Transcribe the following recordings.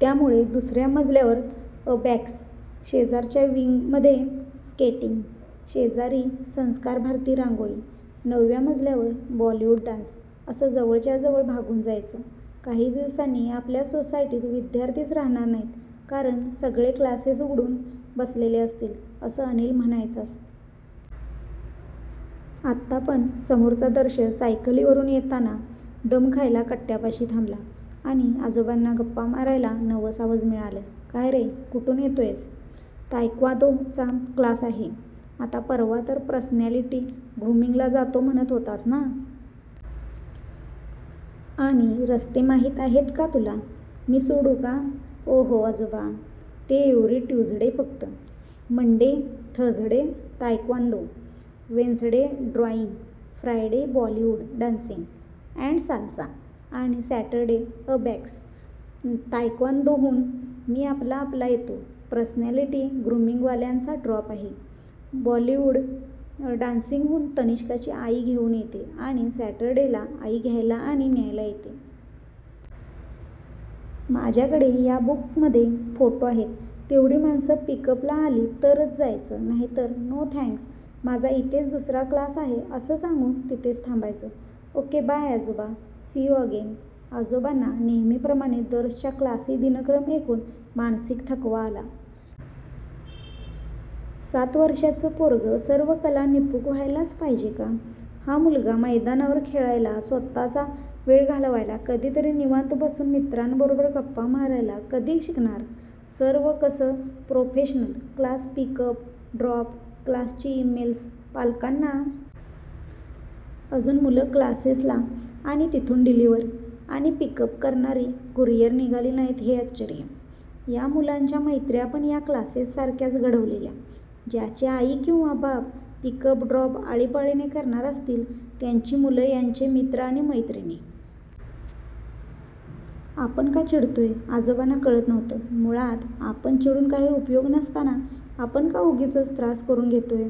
त्यामुळे दुसर्या मजल्यावर अबॅकस, शेजारच्या विंगमध्ये स्केटिंग, शेजारी संस्कारभारती रांगोळी, नऊव्या मजल्यावर "बॉलीवूड डान्स" असं जवळच्या जवळ भागून जायचं. "काही दिवसांनी आपल्या सोसायटीत विद्यार्थीच राहणार नाहीत कारण सगळे क्लासेस उघडून बसलेले असतील" असं अनिल म्हणायचाच. आता पण समोरचा दर्श सायकलीवरुन येताना दम खायला कट्ट्यापाशी थांबला आणि आजोबांना गप्पा मारायला नवं सावज मिळालं. "काय रे कुठून येतोयस? " "तायक्वांदोचा क्लास आहे. " "आता परवा तर पर्सनॅलिटी ग्रूमिंगला जातो म्हणत होतास ना? आणि रस्ते माहित आहेत का तुला? मी सोडू का? " "ओह आजोबा, ते एव्हरी ट्युसडे फक्त. Monday, Thursday taekwondo, Wednesday drawing, Friday Bollywood dancing and salsa, आणि सॅटरडे अबॅकस. तायक्वांदोहून मी आपला आपला येतो, पर्सनॅलिटी ग्रूमिंगवाल्यांचा ड्रॉप आहे, बॉलीवूड डान्सिंगहून तनिश्काची आई घेऊन येते, आणि सॅटरडे ला आई घ्यायला आणि न्यायला येते. माझ्याकडे या बुक मध्ये फोटो आहेत तेवढी माणसं पिक अप ला आली तरच जायचं नाहीतर "नो, थॅंक्स, माझा इथेच दुसरा क्लास आहे" असं सांगून तिथेच थांबायचं. ओके बाय आजोबा!! See you again! " आजोबांना नेहमीप्रमाणे दर्शचा 'क्लासी' दिनक्रम ऐकून मानसिक थकवा आला. "सात वर्षाचं पोरगं सर्वकला निपुण व्हायलाच पाहिजे का? हा मुलगा मैदानावर खेळायला, स्वतःचा वेळ घालवायला, कधीतरी निवांत बसून मित्रांबरोबर गप्पा मारायला कधी शिकणार? सर्व कसं professional. Class, pick up, drop, क्लासची इमेल्स पालकांना. अजून मुलं क्लासेस ला आणि तिथून डिलीव्हर आणि पिक अप करणारी कुरियर निघाली नाहीत हे आश्चर्य. या मुलांच्या मैत्र्या पण या क्लासेस सारख्याच घडवलेल्या. ज्याची आई किंवा बाप पिक अप ड्रॉप आळीपाळीने करणार असतील त्यांची मुलं यांचे मित्र आणि मैत्रिणी. " आपण का चिडतोय आजोबांना कळत नव्हतं. मुळात आपण चिडून काही उपयोग नसताना आपण का उगीचच त्रास करुन घेतोय?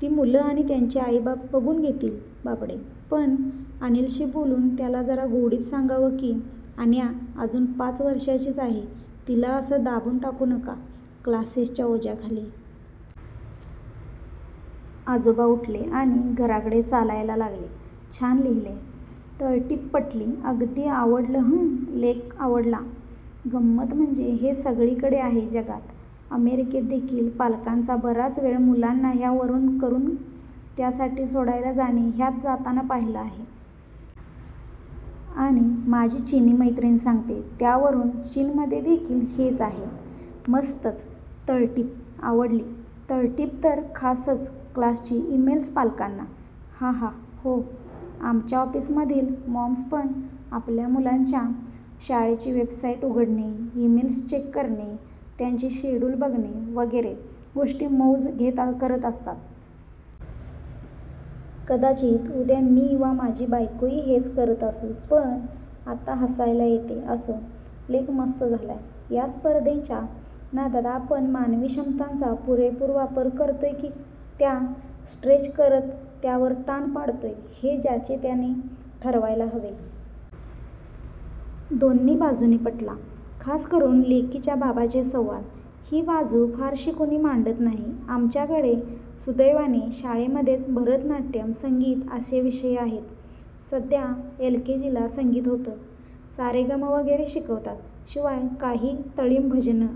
ती मुलं आणि त्यांचे आईबाप बघून घेतील बापडे. पण अनिलशी बोलून त्याला जरा गोडीत सांगावं की आन्या अजून पाच वर्षांचीच आहे, तिला असं दाबून टाकू नका क्लासेस च्या ओझ्याखाली. आजोबा उठले आणि घराकडे चालयाला लागले. छान लिहीलयं. तळटीप पटली अगदी. आवडलंह्म्मलेख आवडला. गंमत म्हणजे हे सगळीकडे आहे जगात! अमेरिकेत देखिल पालकांचा बराचवेळ मुलांना ह्या वरून करून त्या साठी सोडायला जाणे ह्यात जाताना पाहिला आहे! आणि माझी चीनी मैत्रीण सांगते त्यावरून चीनमधे देखिल हेच आहे! मस्तंचतळटीप आवडली. तळटीप तर खासचक्लासची इमेल्स पालकांना. >> हा हा, हो. आमच्या ऑफिसमधील मॉम्स पण आपल्या मुलांच्या शाळेची वेबसाईट उघडणे, इमेल्स चेक करणे, त्याचे शेडुल बघणे वगैरे गोष्टी मौज घेत करत असतात. कदाचित उद्या मी वा माझी बायकोही हेच करत असू पण आता हसायला येतेअसो, लेख मस्त झालाय.. या स्पर्धेच्या नादात आपण मानवी क्षमतांचा पुरेपूर वापर करतोय की त्या स्ट्रेच करत त्यावर ताण पाडतोय हे ज्याचे त्याने ठरवायला हवे. दोन्ही बाजूंनी पटला. खास करून लेकीच्या बाबाचे संवाद!! ही बाजू फारशी कुणी मांडत नाही. आमच्याकडे सुदैवाने शाळेमध्येच भरतनाट्यम, संगीत असे विषय आहेत. सध्या एलकेजीला संगीत होतं. सारेगम वगैरे शिकवतात. शिवाय काही तमिळ भजनं.